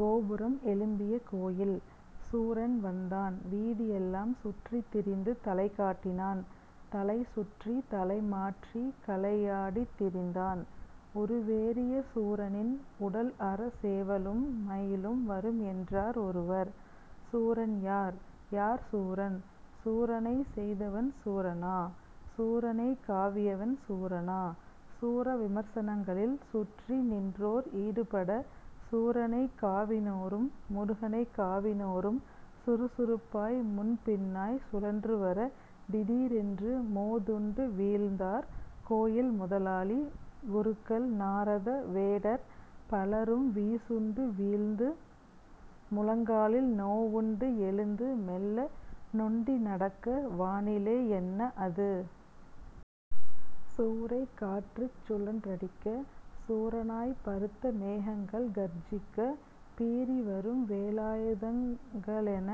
கோபுரம் எழும்பிய கோயில். சூரன் வந்தான் வீதியெல்லாம் சுற்றித்திரிந்து தலைகாட்டினான். தலைசுழற்றி தலைமாற்றி கலையாடித் திரிந்தான். உருவேறிய சூரனின் உடல் அற சேவலும் மயிலும் வரும் என்றார் ஒருவர். சூரன் யார்? யார் சூரன்? சூரனைச் செய்தவன் சூரனா? சூரனைக் காவியவன் சூரனா? சூரவிமர்சனங்களில் சுற்றி நின்றோர் ஈடுபட சூரனைக் காவினோரும் முருகனைக் காவினோரும் சுறுசுறுப்பாய் முன்பின்னாய்ச் சுழன்று வர திடீரென்று மோதுண்டு வீழ்ந்தார் கோயில் முதலாளி குருக்கள் நாரத வேடர் பலரும் வீசுண்டு வீழ்ந்து முழங்காலில் நோவுண்டு எழுந்து மெல்ல நொண்டிநடக்க வானிலே என்ன அது? சூறைக் காற்றுச் சுழன்றடிக்க சூரனாய்ப் பருத்த மேகங்கள் கர்ஜிக்க பீறிவரும் வேலாயுதங்களென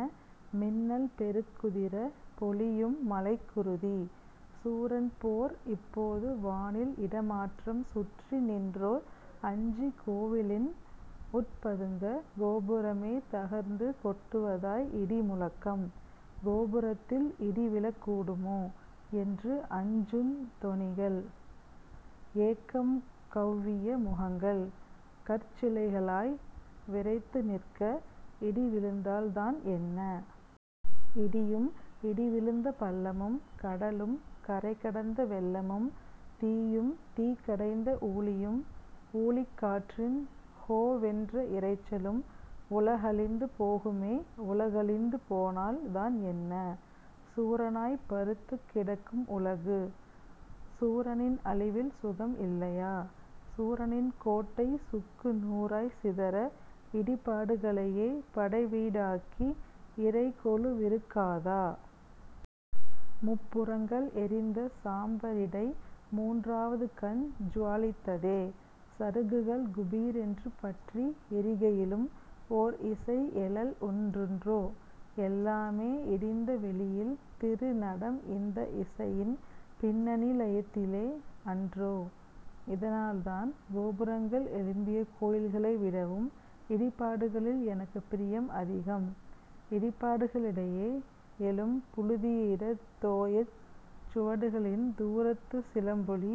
மின்னல் பெருக்குதிர பொழியும் மழைக்குருதி. சூரன் போர் இப்போது வானில் இடமாற்றம் சுற்றிநின்றோர் அஞ்சி கோயிலின் உட்பதுங்க கோபுரமே தகர்ந்து கொட்டுவதாய் இடிமுழக்கம். கோபுரத்தில் இடிவிழக் கூடுமோ? என்று அஞ்சுந் தொனிகள்: ஏக்கம் கௌவிய முகங்கள் கற்சிலைகளாய் விறைத்துநிற்க இடிவிழுந்தால் தான் என்ன? இடியும் இடி விழுந்த பள்ளமும் கடலும் கரைகடந்த வெள்ளமும் தீயும் தீக்கடைந்த ஊழியும் ஊழிக்காற்றின் ஹோவென்ற இரைச்சலும்? உலகழிந்து போகுமே உலகழிந்து போனால் தான் என்ன? சூரனாய்ப் பருத்துக் கிடக்கும் உலகு. சூரனின் அழிவில் சுகம் இல்லையா? சூரனின் கோட்டை சுக்கு நூறாய்ச் சிதற இடிபாடுகளையே படைவீடாக்கி இறை கொலுவிருக்காதா? முப்புரங்கள் எரிந்த சாம்பரிடை மூன்றாவது கண் ஜுவாலித்ததே. சருகுகள் குபீரென்று பற்றி எரிகையிலும் ஓர் இசை எழல் உண்டன்றே. எல்லாமே இடிந்த வெளியில் திருநடம் இந்த இசையின் பின்னணி லயத்திலே அன்றோ இதனால்தான் கோபுரங்கள் எழும்பிய கோயில்களைவிடவும் இடிபாடுகளில் எனக்குப் பிரியம் அதிகம். இடிபாடுகளிடையே எழும் புழுதியிடைத் தோயாச் சுவடுகளின் தூரத்துச் சிலம்பொலி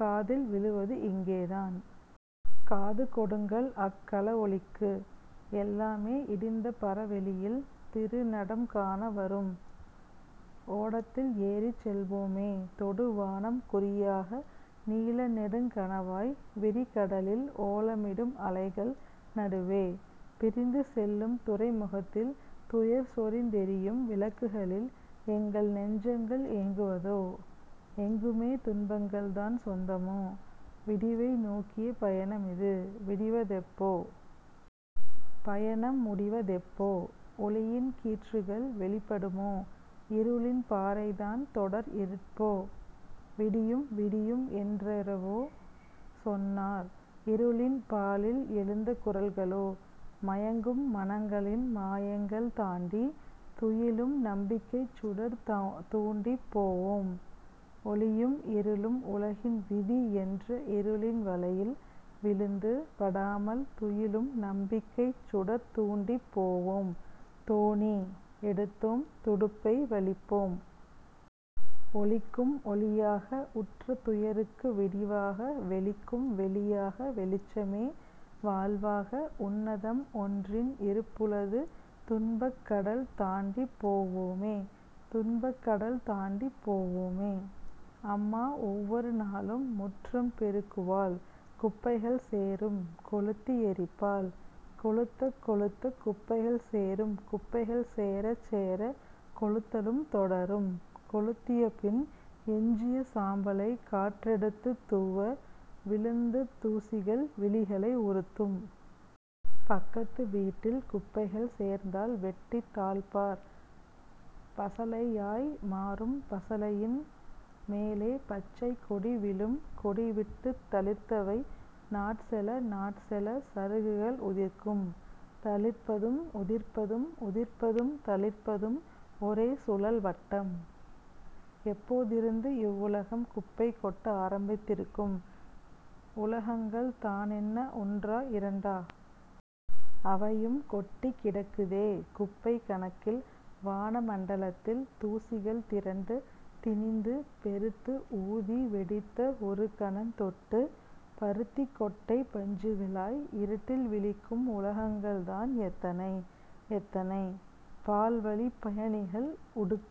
காதில் விழுவது இங்கேதான். காது கொடுங்கள் அக்கழலொலிக்கு. எல்லாமே இடிந்த பரவெளியில் திருநடம் காண வாரும். ஓடத்தில் ஏறிச் செல்வோமே தொடுவானம் குறியாக நீல நெடுங் கனவாய் விரிகடலில் ஓலமிடும் அலைகள் நடுவே. பிரிந்து செல்லும் துறைமுகத்தில்-துயர் சொரிந்தெரியும் விளக்குகளில் எங்கள் நெஞ்சங்கள் ஏங்குவதோ? எங்குமே துன்பங்கள்தான் சொந்தமோ? விடிவை நோக்கிய பயணமிது விடிவதெப்போ? பயணம் முடிவதெப்போ? ஒளியின் கீற்றுகள் வெளிப்படுமோ? இருளின் பாறைதான் தொடர் இருப்போ? விடியும் விடியும் என்றெவரோ சொன்னார் இருளின் பாழில் எழுந்த குரல்களோ? மயங்கும் மனங்களின் மாயங்கள் தாண்டி துயிலும் நம்பிக்கைச் சுடர் தூண்டிப் போவோம். ஒளியும் இருளும் உலகின் விதி என்ற இருளின் வலையில் விழுந்து படாமல் துயிலும் நம்பிக்கைச் சுடர் தூண்டிப் போவோம் தோணி எடுத்தோம் துடுப்பை வலிப்போம். ஒளிக்கும் ஒளியாக உற்ற துயருக்கு விடிவாக வெளிக்கும் வெளியாக வெளிச்சமே வாழ்வாக உன்னதம் ஒன்றின் இருப்புளது துன்பக் கடல் தாண்டிப் போவோமே துன்பக் கடல் தாண்டிப் போவோமே. அம்மா ஒவ்வொரு நாளும் முற்றம் பெருக்குவாள் குப்பைகள் சேரும் கொளுத்தி எரிப்பாள். கொளுத்தக் கொளுத்தக் குப்பைகள் சேரும் குப்பைகள் சேரச்சேர கொளுத்தலும் தொடரும் கொளுத்திய பின் எஞ்சிய சாம்பலை காற்றெடுத்துத் தூவ விழுந்த தூசிகள் விழிகளை உறுத்தும். பக்கத்து வீட்டில் குப்பைகள் சேர்ந்தால் வெட்டித் தாழ்ப்பார் பசளையாய் மாறும் பசளையின் மேலே பச்சை கொடி விழும் கொடிவிட்டுத் தளிர்த்தவை நாட்செல நாட்செல சருகுகள் உதிர்க்கும். தளிர்ப்பதும் உதிர்ப்பதும் உதிர்ப்பதும் தளிர்ப்பதும் ஒரே சுழல் வட்டம். எப்போதிருந்து இவ்வுலகம் குப்பை கொட்ட ஆரம்பித்திருக்கும்? உலகங்கள் தானென்ன ஒன்றா இரண்டா? அவையும் கொட்டிக் கிடக்குதே குப்பைக் கணக்கில் வான மண்டலத்தில் தூசிகள் திரண்டு திணிந்து பெருத்து ஊதி வெடித்த ஒரு கணந் தொட்டு பருத்திக் கொட்டைப் பஞ்சுகளாய் இருட்டில் விழிக்கும் உலகங்கள்தான் எத்தனை! எத்தனை! பால் வழிப் பயணிகள் உடுக்